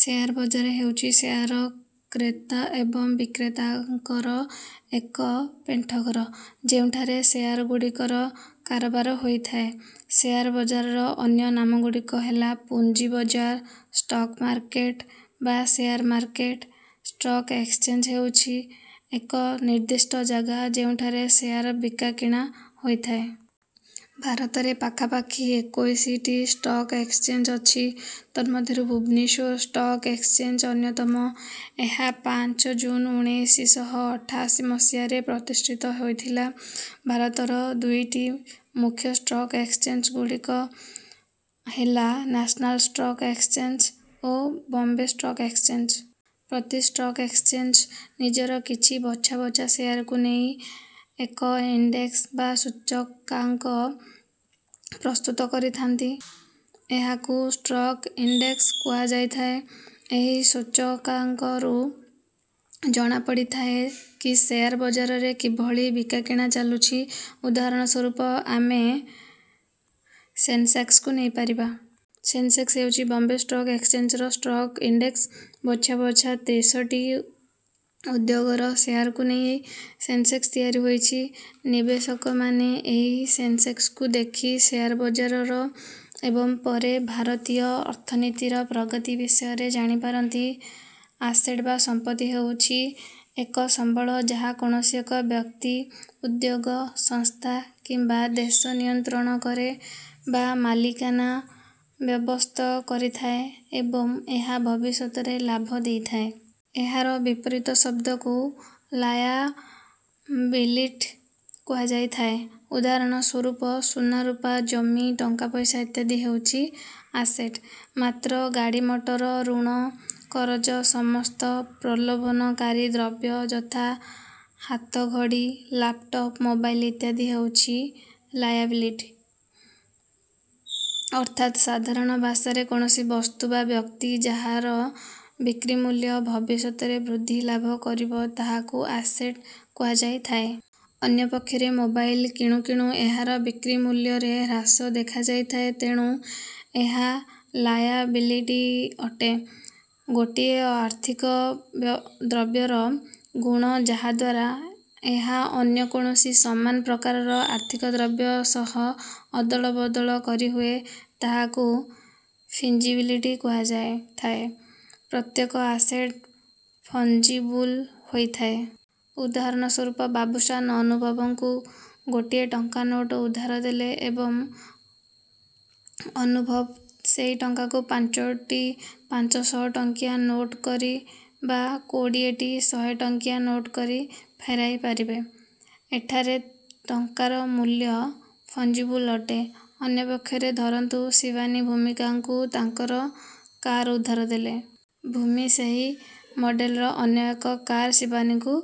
Share ବଜାର ହେଉଛି share କ୍ରେତା ଏବଂ ବିକ୍ରେତାଙ୍କର ଏକ ପେଣ୍ଠଘର, ଯେଉଁଠାରେ ଶେୟାରଗୁଡ଼ିକର କାରବାର ହୋଇଥାଏ। ଶେୟାର ବଜାରର ଅନ୍ୟ ନାମଗୁଡ଼ିକ ହେଲା ପୁଞ୍ଜି ବଜାର, ଷ୍ଟକ୍ ମାର୍କେଟ ବା ଶେୟାର ମାର୍କେଟ। ଷ୍ଟକ୍ ଏକ୍ସଚେଞ୍ଜ ହେଉଛି ଏକ ନିର୍ଦ୍ଦିଷ୍ଟ ଜାଗା, ଯେଉଁଠାରେ ଶେୟାର ବିକାକିଣା ହୋଇଥାଏ। ଭାରତରେ ପାଖାପାଖି ଏକୋଇଶ ଟି ଷ୍ଟକ୍ ଏକ୍ସଚେଞ୍ଜ ଅଛି। ତନ୍ମଧ୍ୟରୁ ଭୁବନେଶ୍ୱର ଷ୍ଟକ୍ ଏକ୍ସଚେଞ୍ଜ ଅନ୍ୟତମ। ଏହା ପାଞ୍ଚ ଜୁନ୍ ଉଣେଇଶି ଶହ ଅଠାଅଶୀ ମସିହା ରେ ପ୍ରତିଷ୍ଠିତ ହୋଇଥିଲା। ଭାରତର ଦୁଇଟି ମୁଖ୍ୟ ଷ୍ଟକ୍ ଏକ୍ସଚେଞ୍ଜଗୁଡ଼ିକ ହେଲା ନ୍ୟାସନାଲ ଷ୍ଟକ୍ ଏକ୍ସଚେଞ୍ଜ ଓ ବମ୍ବେ ଷ୍ଟକ୍ ଏକ୍ସଚେଞ୍ଜ। ପ୍ରତି ଷ୍ଟକ୍ ଏକ୍ସଚେଞ୍ଜ ନିଜର କିଛି ବଛା ବଛା ଶେୟାରକୁ ନେଇ ଏକ ଇଣ୍ଡେକ୍ସ ବା ସୂଚକାଙ୍କ ପ୍ରସ୍ତୁତ କରିଥାନ୍ତି, ତାହାକୁ ଷ୍ଟକ୍ ଇଣ୍ଡେକ୍ସ କୁହାଯାଇଥାଏ। ଏହି ସୂଚକାଙ୍କରୁ ଜଣାପଡ଼ିଥାଏ କି ଶେୟାର ବଜାରରେ କିଭଳି କିଣାବିକା ଚାଲୁଛି। ଉଦାହରଣ ସ୍ୱରୂପ ଆମେ ସେନସେକ୍ସକୁ ନେଇପାରିବା। ସେନସେକ୍ସ ହେଉଛି ବମ୍ବେ ଷ୍ଟକ୍ ଏକ୍ସଚେଞ୍ଜର ଷ୍ଟକ୍ ଇଣ୍ଡେକ୍ସ। ବଛା ବଛା ତ୍ରିଶ ଟି ଉଦ୍ୟୋଗର ଶେୟାରକୁ ନେଇ ସେନସେକ୍ସ ତିଆରି ହୋଇଛି। ନିବେଶକମାନେ ଏହି ସେନସେକ୍ସକୁ ଦେଖି ଶେୟାର ବଜାରର ଏବଂ ପରେ ଭାରତୀୟ ଅର୍ଥନୀତିର ପ୍ରଗତି ବିଷୟରେ ଜାଣିପାରନ୍ତି। ଆସେଟ ବା ସମ୍ପତ୍ତି ହେଉଛି ଏକ ସମ୍ବଳ, ଯାହା କୌଣସି ଏକ ବ୍ୟକ୍ତି, ଉଦ୍ୟୋଗ, ସଂସ୍ଥା କିମ୍ବା ଦେଶ ନିୟନ୍ତ୍ରଣ କରେ ବା ମାଲିକାନା ସାବ୍ୟସ୍ତ କରିଥାଏ ଏବଂ ଏହା ଭବିଷ୍ୟତରେ ଲାଭ ଦେଇଥାଏ। ଏହାର ବିପରୀତ ଶବ୍ଦକୁ ଲାୟାବିଲିଟି କୁହାଯାଇଥାଏ। ଉଦାହରଣ ସ୍ୱରୂପ ସୁନାରୂପା, ଜମି, ଟଙ୍କାପଇସା ଇତ୍ୟାଦି ହେଉଛି ଆସେଟ। ମାତ୍ର ଗାଡ଼ିମଟର, ଋଣ-କରଜ, ସମସ୍ତ ପ୍ରଲୋଭନକାରୀ ଦ୍ରବ୍ୟ ଯଥା ହାତଘଡ଼ି, ଲାପଟପ, ମୋବାଇଲ ଇତ୍ୟାଦି ହେଉଛି ଲାୟାବିଲିଟି। ଅର୍ଥାତ ସାଧାରଣ ଭାଷାରେ କୌଣସି ବସ୍ତୁ ବା ବ୍ୟକ୍ତି, ଯାହାର ବିକ୍ରିମୂଲ୍ୟ ଭବିଷ୍ୟତରେ ବୃଦ୍ଧି ଲାଭ କରିବ, ତାହାକୁ ଆସେଟ କୁହାଯାଇଥାଏ। ଅନ୍ୟପକ୍ଷରେ ମୋବାଇଲ କିଣୁ କିଣୁ ଏହାର ବିକ୍ରିମୂଲ୍ୟରେ ହ୍ରାସ ଦେଖାଯାଇଥାଏ, ତେଣୁ ଏହା ଲାୟାବିଲିଟି ଅଟେ। ଗୋଟିଏ ଆର୍ଥିକ ଦ୍ରବ୍ୟର ଗୁଣ, ଯାହାଦ୍ୱାରା ଏହା ଅନ୍ୟ କୌଣସି ସମାନ ପ୍ରକାରର ଆର୍ଥିକ ଦ୍ରବ୍ୟ ସହ ଅଦଳବଦଳ କରିହୁଏ, ତାହାକୁ ଫଞ୍ଜିବିଲିଟି କୁହାଯାଇଥାଏ। ପ୍ରତ୍ୟେକ ଆସେଟ ଫଞ୍ଜିବୁଲ ହୋଇଥାଏ। ଉଦାହରଣ ସ୍ୱରୂପ ବାବୁଶାନ, ଅନୁଭବଙ୍କୁ ଗୋଟିଏ ଟଙ୍କା ନୋଟ ଉଧାର ଦେଲେ। ଏବେ ଅନୁଭବ ସେହି ଟଙ୍କାକୁ ଚାରୋଟି ପାଞ୍ଚ ଶହ ଟଙ୍କିଆ ନୋଟ କରି ବା କୋଡ଼ିଏ ଟି ଶହେ ଟଙ୍କିଆ ନୋଟ କରି ଫେରାଇପାରିବେ। ଏଠାରେ ଟଙ୍କାର ମୂଲ୍ୟ ଫଞ୍ଜିବୁଲ ଅଟେ। ଅନ୍ୟପକ୍ଷରେ ଧରନ୍ତୁ ଶିବାନୀ, ଭୂମିଙ୍କୁ ତାଙ୍କର କାର ଉଧାର ଦେଲେ। ଭୂମି ସେହି ମଡେଲର ଅନ୍ୟ ଏକ କାର ଶିବାନୀଙ୍କୁ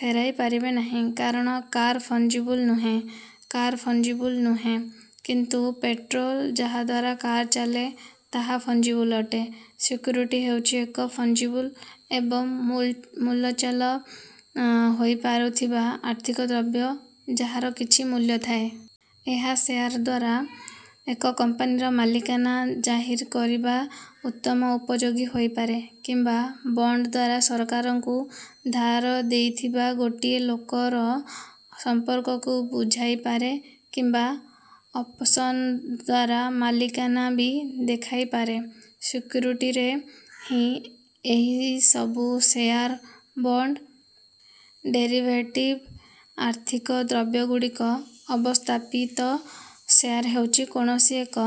ଫେରାଇ ପାରିବେ ନାହିଁ; କାରଣ କାର ଫଞ୍ଜିବୁଲ ନୁହେଁ। କାର ଫଞ୍ଜିବୁଲ ନୁହେଁ, କିନ୍ତୁ ପେଟ୍ରୋଲ ଯାହାଦ୍ୱାରା କାର ଚାଲେ, ତାହା ଫଞ୍ଜିବୁଲ ଅଟେ। ସିକ୍ୟୁରିଟି ହେଉଛି ଏକ ଫଞ୍ଜିବୁଲ ଏବଂ ମୂଲଚାଲ ହୋଇପାରୁଥିବା ଆର୍ଥିକ ଦ୍ରବ୍ୟ, ଯାହାର କିଛି ମୂଲ୍ୟ ଥାଏ। ଏହା ଶେୟାର ଦ୍ୱାରା ଏକ କମ୍ପାନୀର ମାଲିକାନା ଜାହିର କରିବା ନିମିତ୍ତ ଉପଯୋଗ ହୋଇପାରେ କିମ୍ବା ବଣ୍ଡ ଦ୍ୱାରା ସରକାରଙ୍କୁ ଧାର ଦେଇଥିବା ଗୋଟିଏ ଲୋକର ସମ୍ପର୍କକୁ ବୁଝାଇପାରେ କିମ୍ବା ଅପସନ ଦ୍ୱାରା ମାଲିକାନା ବି ଦେଖାଇପାରେ। ସିକ୍ୟୁରିଟିରେ ହିଁ ଏହି ସବୁ ଶେୟାର, ବଣ୍ଡ, ଡେରିଭେଟିଭ ଆର୍ଥିକ ଦ୍ରବ୍ୟଗୁଡ଼ିକ ଅବସ୍ଥାପିତ। ଶେୟାର ହେଉଛି କୌଣସି ଏକ